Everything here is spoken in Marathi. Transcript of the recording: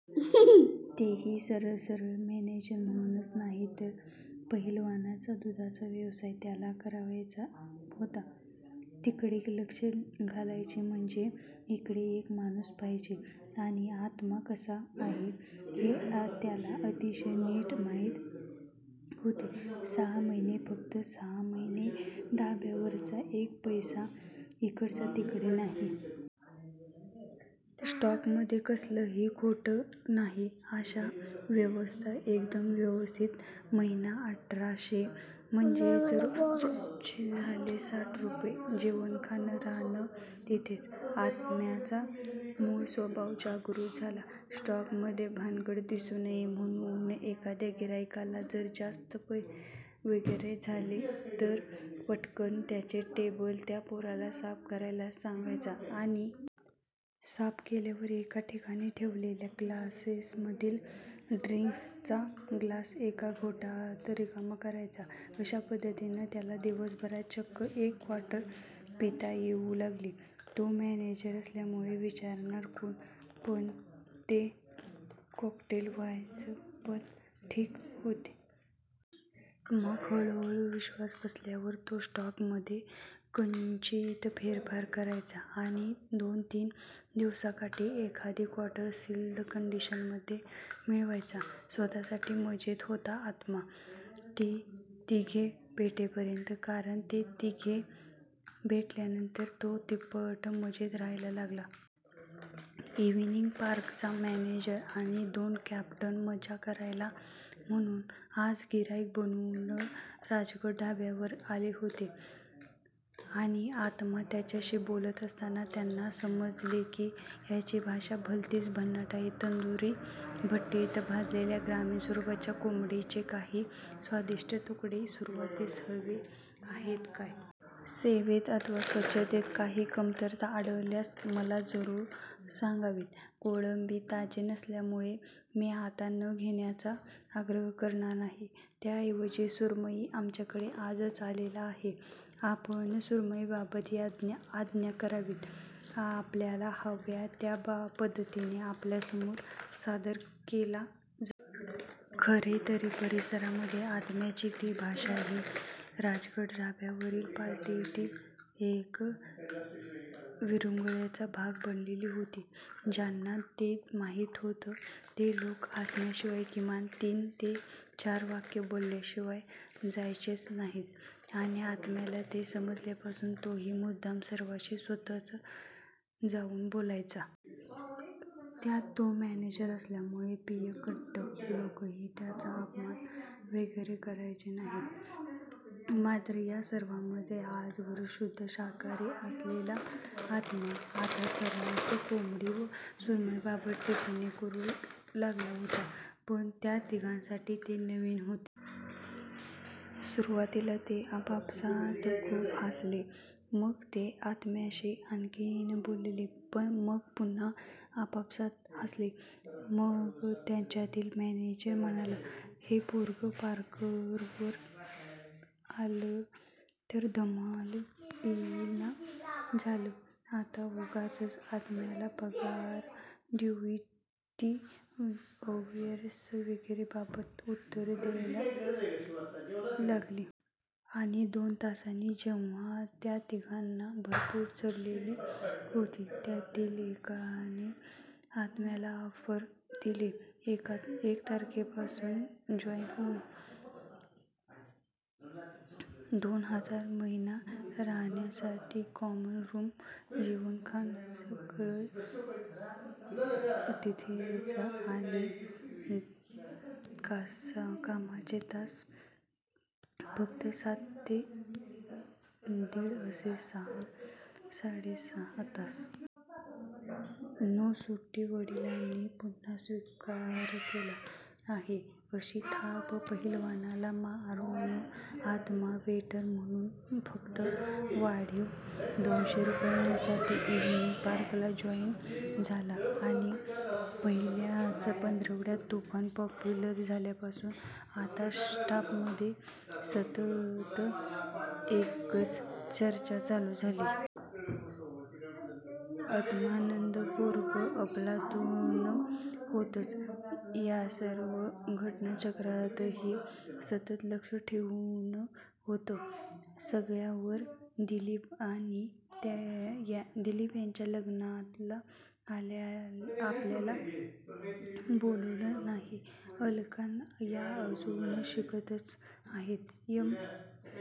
तेही, सरळ सरळ मॅनेजर म्हणूनच.. नाहीतरी पहिलवानाचा दुधाचा व्यवसाय त्याला करायचाच होता. तिकडे लक्ष घालायचे म्हणजे इकडे एक माणूस पाहिजे, आणि आत्मा कसा आहे. हे त्याला अतिशय नीट माहीत होते. सहा महिने फक्त सहा महिने ढाब्यावरचा एक पैसा इकडचा तिकडे नाही. स्टॉकमध्ये कसलीही खोट नाही. आणि व्यवस्था एकदम व्यवस्थित महिना अठराशे! म्हणजे रोजचे झाले साठ रुपये जेवणखाण राहणे तिथेच, आत्म्याचा मूळ स्वभाव जागृत झाला. स्टॉकमध्ये भानगड दिसू नये म्हणून, एखाद्या गिर्हाईकाला जर जास्त वगैरे झाली तर पटकन त्याचे टेबल तो पोराला साफ करायला सांगायचा. आणि साफ केल्यावर एका ठिकाणी ठेवलेल्या ग्लासेसमधील ड्रिंकचा ग्लास एका घोटात रिकामा करायचा. या पद्धतीने त्याला दिवसभरात चक्क एक क्वार्टर पिता येऊ लागली.. तोच मॅनेजर असल्यामुळे विचारणार कोण? पण ते कॉकटेल व्हायचे पण ठीक होते. मग हळूहळू विश्वास बसल्यावर तो स्टॉकमध्ये किंचित फेरफार करायचा आणि दोन तीन दिवसाकाठी एखादी क्वार्टर सील्ड कंडिशनमध्ये मिळवायचा स्वतःसाठी मजेत होता आत्मा! ते तिघे भेटेपर्यंत! कारण, ते तिघे भेटल्यानंतर तो तिप्पट मजेत राहायला लागला. इव्हिनिंग पार्कचा मॅनेजर आणि दोन कॅप्टन मजा करायला म्हणून आज गिर्हाईक बनून राजगड ढाब्यावर आले होते. आणि आत्मा त्यांच्याशी बोलत असताना त्यांना समजले की याची भाषा भलतीच भन्नाट आहे. 'तंदुर भट्टीत भाजलेल्या ग्रामीण स्वरुपाच्या कोंबडीचे काही स्वादिष्ट तुकडे सुरुवातीस हवे आहेत काय? ' 'सेवेत अथवा स्वच्छतेत काही कमतरता आढळल्यास मला जरूर सांगावेत' 'कोळंबी ताजे नसल्यामुळे मी आपल्याला ते घेण्याचा आग्रह करणार नाही. त्या ऐवजी.. सुरमई आमच्याकडे आजच आलेला आहे. आपण सुरमईबाबत आज्ञा करावीत. आपल्याला हव्या त्या पद्धतीने तो आपल्यासमोर सादर केला जाईल. " खरे तर परिसरामध्ये आत्म्याची ती भाषा ही राजगड ढाब्यावरील पार्टीतील एक विरंगुळ्याचा भाग बनलेली होती. ज्यांना ते माहीत होतं ते लोक आत्म्याशी किमान तीन ते चार वाक्ये बोलल्याशिवाय जायचेच नाहीत. आणि आत्म्याला ते समजल्यापासून तोही मुद्दाम सर्वांशी स्वतःच जाऊन बोलायचा. त्यात तो मॅनेजर असल्यामुळे पियक्कड लोकही त्याचा अपमान वगैरे करायचे नाहीत. मात्र, या सर्वामध्ये, आजवर शुद्ध शाकाहारी असलेला आत्मा आता सर्रास कोंबडी व सुरमईबाबत टिपणे करू लागला होता. पण त्या तिघांसाठी ते नवीन होते. सुरुवातीला ते आपापसात खूप हासले. मग ते आत्म्याशी आणखीन बोलले. मग पुन्हा आपापसात हासले. मग त्यांच्यातील मॅनेजर म्हणाला, 'हे पोरगं पार्कवर आलं तर धमाल येईल ना?? ' झालं! आता उगाचच आत्म्याला पगार, ड्युटी अवर्स वगैरेबाबत उत्तरे द्यायला लागली. आणि.. दोन तासांनी.. जेव्हा त्या तिघांना भरपूर चढलेली होती.. त्यातील एकाने आत्म्याला ऑफर दिली.. एक तारखेपासून जॉईन हो.. दोन हजार महिना, राहण्यासाठी कॉमन रूम, जेवणखाण सगळे तिथेच, आणि कामाचे तास फक्त सात ते दिड असे साडे सहा तास! नो सुट्टी! 'वडिलांनी माझा पुन्हा स्वीकार केला आहे' अशी थाप पहिलवानाला मारून आत्मा वेटर म्हणून फक्त वाढीव दोनशे रुपयांसाठी इव्हिनिंग पार्कला जॉईन झाला आणि पहिल्याच पंधरवड्यात तुफान पॉप्युलर झाल्यामुळे आता स्टाफमधे सतत एकच चर्चा चालू झाली. आत्मानंद पोरगं अफलातून होतंच! या सर्व घटनाचक्रातही सतत लक्ष ठेवून होतं सगळ्यांवर दिलीप यांच्या लग्नाला आपल्याला बोलावले नाही. अलका या अजून शिकतच आहेत. एम.--